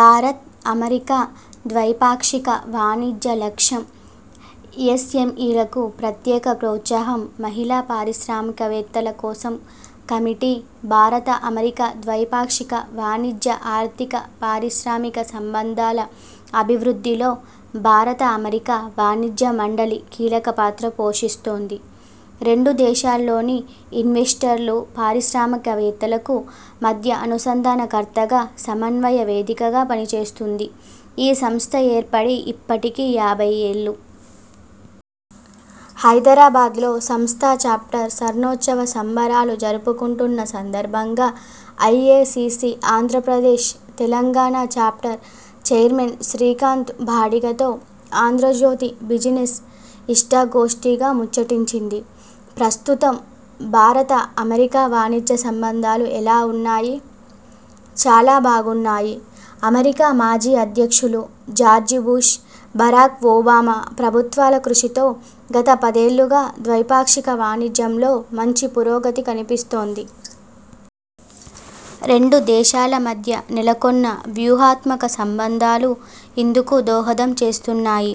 భారత్-అమెరికా ద్వైపాక్షిక వాణిజ్య లక్ష్యం.. ఎస్ఎంఇలకు ప్రత్యేక ప్రోత్సాహంమహిళా పారిశ్రామికవేత్తల కోసం కమిటీ భారత-అమెరికా ద్వైపాక్షిక వాణిజ్య, ఆర్థిక, పారిశ్రామిక సంబంధాల అభివృద్ధిలో భారత-అమెరికా వాణిజ్య మండలి కీలక పాత్ర పోషిస్తోంది. రెండు దేశాల్లోని ఇన్వెస్టర్లు, పారిశ్రామికవేత్తలకు మధ్య అనుసంధానకర్తగా, సమన్వయ వేదికగా పనిచేస్తోంది. ఈ సంస్థ ఏర్పడి ఇప్పటికి యాభై ఏళ్లు. హైదరాబాద్లో సంస్థ చాప్టర్ స్వర్ణోత్సవ సంబరాలు జరుపుకుంటున్న సందర్భంగా IACC Andhra Pradesh, Telangana chapter chairman Srikanth బాడిగతో 'ఆంధ్రజ్యోతి బిజినెస్' ఇష్టాగోష్టిగా ముచ్చటించింది. ప్రస్తుతం భారత-అమెరికా వాణిజ్య సంబంధాలు ఎలా ఉన్నాయి? చాలా బాగున్నాయి. అమెరికా మాజీ అధ్యక్షులు జార్జి బుష్, బరాక్ ఒబామా ప్రభుత్వాల కృషితో గత పదేళ్లుగా ద్వైపాక్షిక వాణిజ్యంలో మంచి పురోగతి కనిపిస్తోంది. రెండు దేశాల మద్య నెలకొన్న వ్యూహాత్మక సంబంధాలూ ఇందుకు దోహదం చేస్తున్నాయి.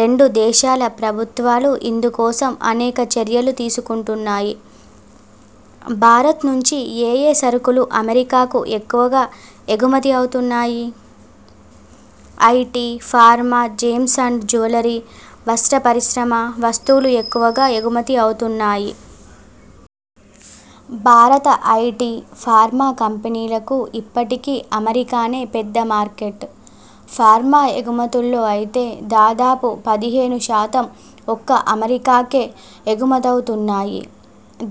రెండు దేశాల ప్రభుత్వాలు ఇందుకోసం అనేక చర్యలు తీసుకుంటున్నాయి. భారత్ నుంచి ఏయే సరుకులు అమెరికాకు ఎక్కువగా ఎగుమతి అవుతున్నాయి? IT, pharma, gems and jewellery, వస్త్ర పరిశ్రమ వస్తువులు ఎక్కువగా ఎగుమతి అవుతున్నాయి. భారత ఐటి, ఫార్మా కంపెనీలకు ఇప్పటికీ అమెరికానే పెద్ద మార్కెట్. ఫార్మా ఎగుమతుల్లో అయితే దాదాపు పదిహేను శాతం ఒక్క అమెరికాకే ఎగుమతవుతున్నాయి.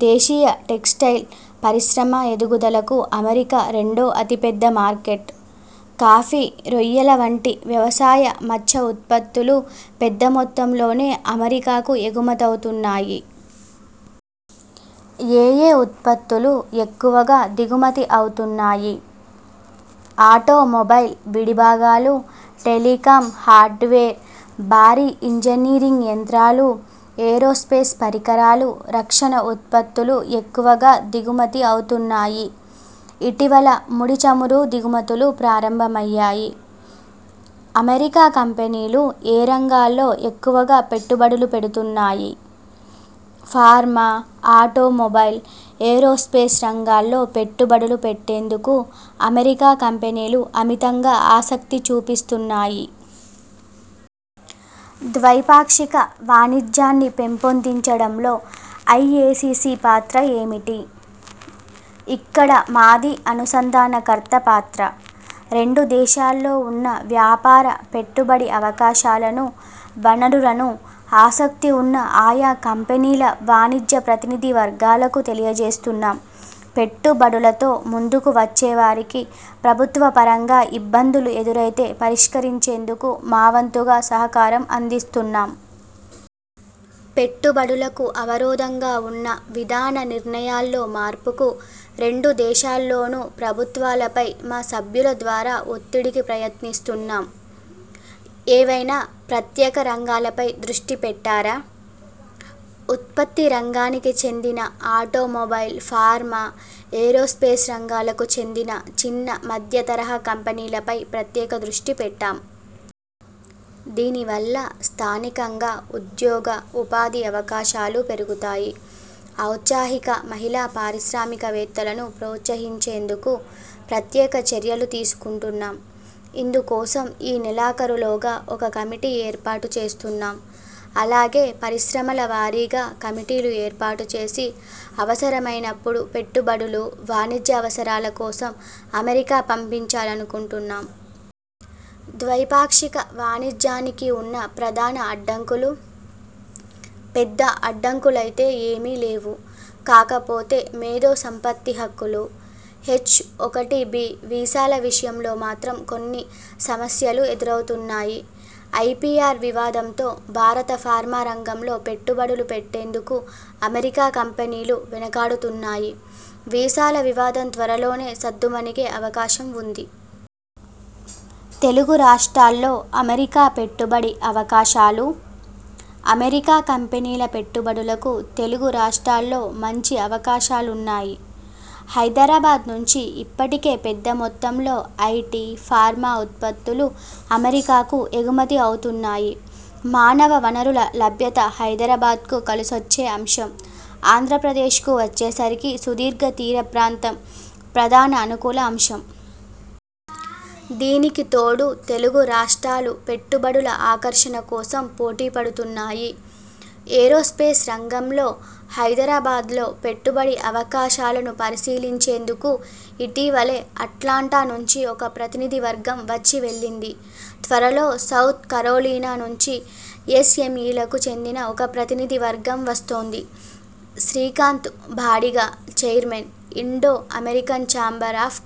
దేశీయ టెక్స్టైల్ పరిశ్రమ ఎగుమతులకూ అమెరికా రెండో అతి పెద్ద మార్కెట్. కాఫీ, రొయ్యల వంటి వ్యవసాయ, మత్స్య ఉత్పత్తులూ పెద్ద మొత్తంలోనే అమెరికాకు ఎగుమతవుతున్నాయి. ఏయే ఉత్పత్తులు ఎక్కువగా దిగుమతి అవుతున్నాయి? ఆటోమొబైల్ విడి భాగాలు, టెలికాం హార్డ్వేర్, భారీ ఇంజినీరింగ్ యంత్రాలు, ఏరోస్పేస్ పరికరాలు, రక్షణ ఉత్పత్తులు ఎక్కువగా దిగుమతి అవుతున్నాయి. ఇటీవల ముడి చమురు దిగుమతులూ ప్రారంభమయ్యాయి. అమెరికా కంపెనీలు ఏ రంగాల్లో ఎక్కువగా పెట్టుబడులు పెడుతున్నాయి? ఫార్మా, ఆటోమొబైల్, ఏరోస్పేస్ రంగాల్లో పెట్టుబడులు పెట్టేందుకు అమెరికా కంపెనీలు అమితంగా ఆసక్తి చూపిస్తున్నాయి. ద్వైపాక్షిక వాణిజ్యాన్ని పెంపొందించడంలో ఐఎసిసి పాత్ర ఏమిటి? ఇక్కడ మాది అనుసంధానకర్త పాత్ర. రెండు దేశాల్లో ఉన్న వ్యాపార, పెట్టుబడి అవకాశాలను, వనరులను ఆసక్తి ఉన్న ఆయా కంపెనీల, వాణిజ్య ప్రతినిధి వర్గాలకు తెలియజేస్తున్నాం. పెట్టుబడులతో ముందుకు వచ్చేవారికి ప్రభుత్వ పరంగా ఇబ్బందులు ఎదురైతే పరిష్కరించేందుకు మా వంతుగా సహకారం అందిస్తున్నాం. పెట్టుబడులకు అవరోధంగా ఉన్న విధాన నిర్ణయాల్లో మార్పుకు రెండు దేశాల్లోనూ ప్రభుత్వాలపై మా సభ్యుల ద్వారా ఒత్తిడికి ప్రయత్నిస్తున్నాం. ఏవైనా ప్రత్యేక రంగాలపై దృష్టి పెట్టారా? ఉత్పత్తి రంగానికి చెందిన ఆటోమొబైల్, ఫార్మా, ఏరోస్పేస్ రంగాలకు చెందిన చిన్న, మధ్య తరహా కంపెనీల పై ప్రత్యేక దృష్టి పెట్టాం. దీనివల్ల స్థానికంగా ఉద్యోగ, ఉపాధి అవకాశాలూ పెరుగుతాయి. ఔత్సాహిక మహిళా పారిశ్రామికవేత్తలను ప్రోత్సహించేందుకూ ప్రత్యేక చర్యలు తీసుకుంటున్నాం. ఇందుకోసం ఈ నెలాఖరులోగా ఒక కమిటీ ఏర్పాటు చేస్తున్నాం. అలాగే పరిశ్రమల వారీగా కమిటీలు ఏర్పాటు చేసి, అవసరమైనపుడు పెట్టుబడులు, వాణిజ్య అవసరాల కోసం అమెరికా పంపించాలనుకుంటున్నాం. ద్వైపాక్షిక వాణిజ్యానికి ఉన్న ప్రధాన అడ్డంకులు? పెద్ద అడ్డంకులైతే ఏమీ లేవు. కాకపోతే మేధో సంపత్తి హక్కులు, హెచ్-ఒకటిబి వీసాల విషయంలో మాత్రం కొన్ని సమస్యలు ఎదురవుతున్నాయి. ఐపిఆర్ వివాదంతో భారత ఫార్మా రంగంలో పెట్టుబడులు పెట్టేందుకు అమెరికా కంపెనీలు వెనకాడుతున్నాయి. వీసాల వివాదం త్వరలోనే సద్దుమణిగే అవకాశం ఉంది. తెలుగు రాష్ట్రాల్లో అమెరికా పెట్టుబడి అవకాశాలు? అమెరికా కంపెనీల పెట్టుబడులకు తెలుగు రాష్ట్రాల్లో మంచి అవకాశాలున్నాయి. హైదరాబాద్ నుంచి ఇప్పటికే పెద్ద మొత్తంలో ఐటి, ఫార్మా ఉత్పత్తులు అమెరికాకు ఎగుమతి అవుతున్నాయి. మానవ వనరుల లభ్యత హైదరాబాద్కు కలిసొచ్చే అంశం. ఆంధ్ర ప్రదేశ్కు వచ్చేసరికి సుదీర్ఘ తీర ప్రాంతం ప్రధాన అనుకూల అంశం. దీనికి తోడు తెలుగు రాష్ట్రాలు పెట్టుబడుల ఆకర్షణ కోసం పోటీపడుతున్నాయి. ఏరోస్పేస్ రంగంలో హైదరాబాద్లో పెట్టుబడి అవకాశాలను పరిశీలించేందుకు ఇటీవలే అట్లాంటా నుంచి ఒక ప్రతినిధి వర్గం వచ్చి వెళ్లింది. త్వరలో సౌత్ కరోలినా నుంచి ఎస్ఎంఇలకు చెందిన ఒక ప్రతినిధి వర్గం వస్తోంది. -Srikanth Badiga, chairman, Indo American chamber of commerce